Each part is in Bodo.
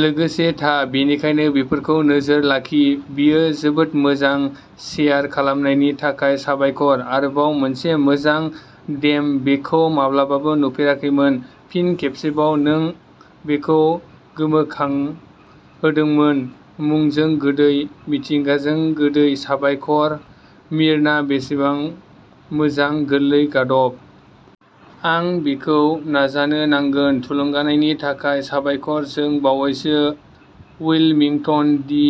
लोगोसे था बेनिखायनो बेफोरखौ नोजोर लाखि बेयो जोबोद मोजां शेयार खालामनायनि थाखाय साबायखर। आरोबाव मोनसे मोजां डेम बेखौ माब्लाबाबो नुफेराखैमोन। फिन खेबसेबाव नों बेखौ गोमखांहोदोंमोन। मुंजों गोदै, मिथिंगाजों गोदै, साबायखर मिर्ना बेसेबां मोजां गोरलै गादब। आं बेखौ नाजानो नांगोन थुलुंगानायनि थाखाय साबायखर जों बावैसो उइलमिंटन, डि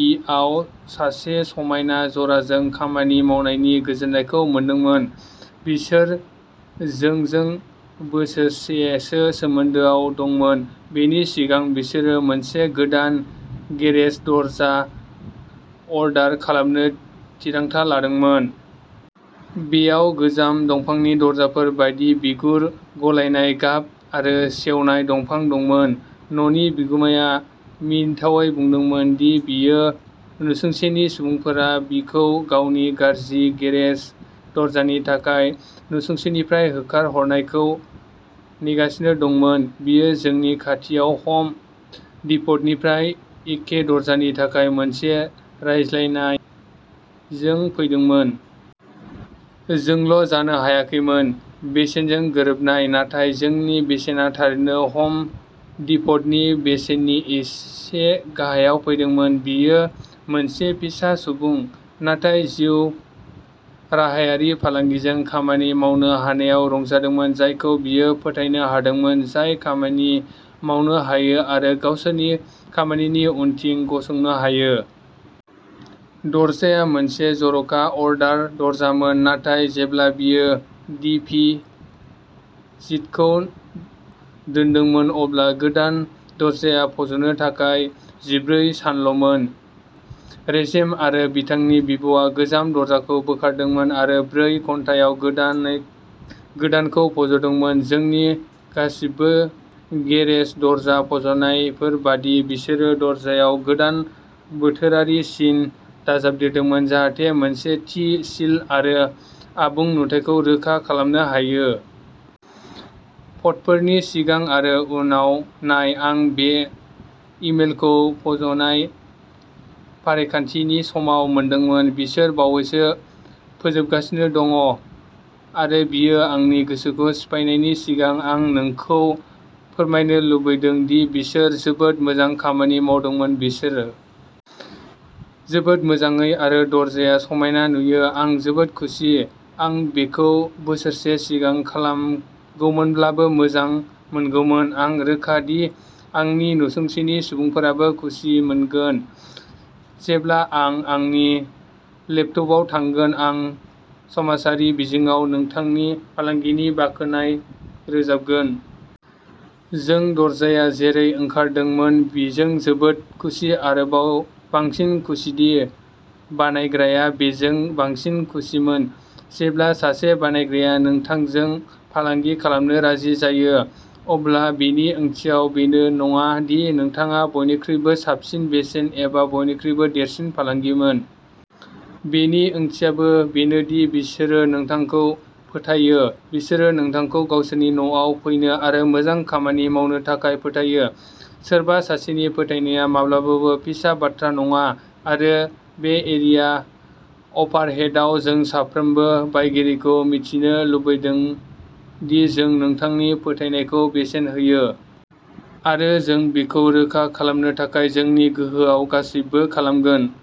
इ आव सासे समायना जराजों खामानि मावनायनि गोजोननायखौ मोनदोंमोन। बिसोर जोंजों बोसोरसेसो सोमोन्दोआव दंमोन, बेनि सिगां बिसोरो मोनसे गोदान गेरेज दरजा अर्डार खालामनो थिरांथा लादोंमोन। बेयाव गोजाम दंफांनि दरजाफोर बायदि बिगुर गलायनाय गाब आरो सेवनाय दंफां दंमोन। न'नि बिगुमाया मिनिथावै बुंदोंमोन दि बियो नसुंसेनि सुबुंफोरा बिखौ गावनि गाज्रि गेरेज दरजानि थाखाय नसुंनिफ्राय होखारहरनायखौ नेगासिनो दंमोन। बियो जोंनि खाथियाव अम डिप'टनिफ्राय एखे दरजानि थाखाय मोनसे रायलायनायजों फैदोंमोन। जोंल' जानो हायाखैमोन। बेसेनजों गोरोबनाय, नाथाय जोंनि बेसेना थारैनो हम डिप'टनि बेसेननि एसे गाहायाव फैदोंमोन। बियो मोनसे फिसा सुबुं, नाथाय जिउ राहायारि फालांगिजों खामानि मावनो हानायाव रंजादोंमोन, जायखौ बियो फोथायनो हादोंमोन, जाय खामानि मावनो हायो आरो गावसोरनि खामानिनि उनथिं गसंनो हायो। दरजाया मोनसे जर'खा अर्डार दरजामोन, नाथाय जेब्ला बियो डिपि जिटखौ दोन्दोंमोन, अब्ला गोदान दरजाया फज'नो थाखाय जिब्रै सानल'मोन। रेजे'म आरो बिथांनि बिब'आ गोजाम दरजाखौ बोखारदोंमोन आरो ब्रै घन्टायाव गोदानै गोदानखौ फज'दोंमोन। जोंनि गासिबो गेरेज दरजा फज'नायफोर बायदि, बिसोरो दरजायाव गोदान बोथोरारि सिन दाजाबदेरदोंमोन जाहाथे मोनसे थि सिल आरो आबुं नुथायखौ रोखा खालामनो हायो। फट फोरनि सिगां आरो उनाव नाय आं बे इमेलखौ फज'नाय फारिखान्थिनि समाव मोनदोंमोन बिसोर बावैसो फोजोबगासिनो दं आरो बेयो आंनि गोसोखौ सिफायनायनि सिगां आं नोंखौ फोरमायनो लुबैदों दि बिसोरो जोबोद मोजां खामानि मावदोंमोन, बिसोरो। जोबोद मोजाङै आरो दरजाया समायना नुयो। आं जोबोद खुसि, आं बेखौ बोसोरसे सिगां खालामगौमोनब्ला मोजां मोनगौमोन। आं रोखा दि आंनि नसुंसेनि सुबुंफोराबो खुसि मोनगोन। जेब्ला आं आंनि लेपटपआव थांगोन, आं समाजारि बिजोङाव नोंथांनि फालांगिनि बाख्नाय रोजाबगोन। जों दरजाया जेरै ओंखारदोंमोन बेजों जोबोद खुसि आरोबाव बांसिन खुसिदि बानायग्राया बेजों बांसिन खुसिमोन। जेब्ला सासे बानायग्राया नोंथांजों फालांगि खालामनो राजि जायो, अब्ला बेनि ओंथिया बेनो नङा दि नोंथाङा बयनिख्रुइ साबसिन बेसेन एबा बयनिख्रुइ देरसिन फालांगिमोन। बेनि ओंथियाबो बेनो दि बिसोरो नोंथांखौ फोथायो। बिसोरो नोंथांखौ गावसोरनि न'आव फैनो आरो मोजां खामानि मावनो थाखाय फोथायो। सोरबा सासेनि फोथायनाया माब्लाबाबो फिसा बाथ्रा नङा, आरो बे एरिया अभारहेडआव जों साफ्रोमबो बायगिरिखौ मिथिनो लुगैदों दि जों नोंथांनि फोथायनायखौ बेसेन होयो। आरो जों बेखौ रोखा खालामनो थाखाय जोंनि गोहोआव गासैबो खालामगोन।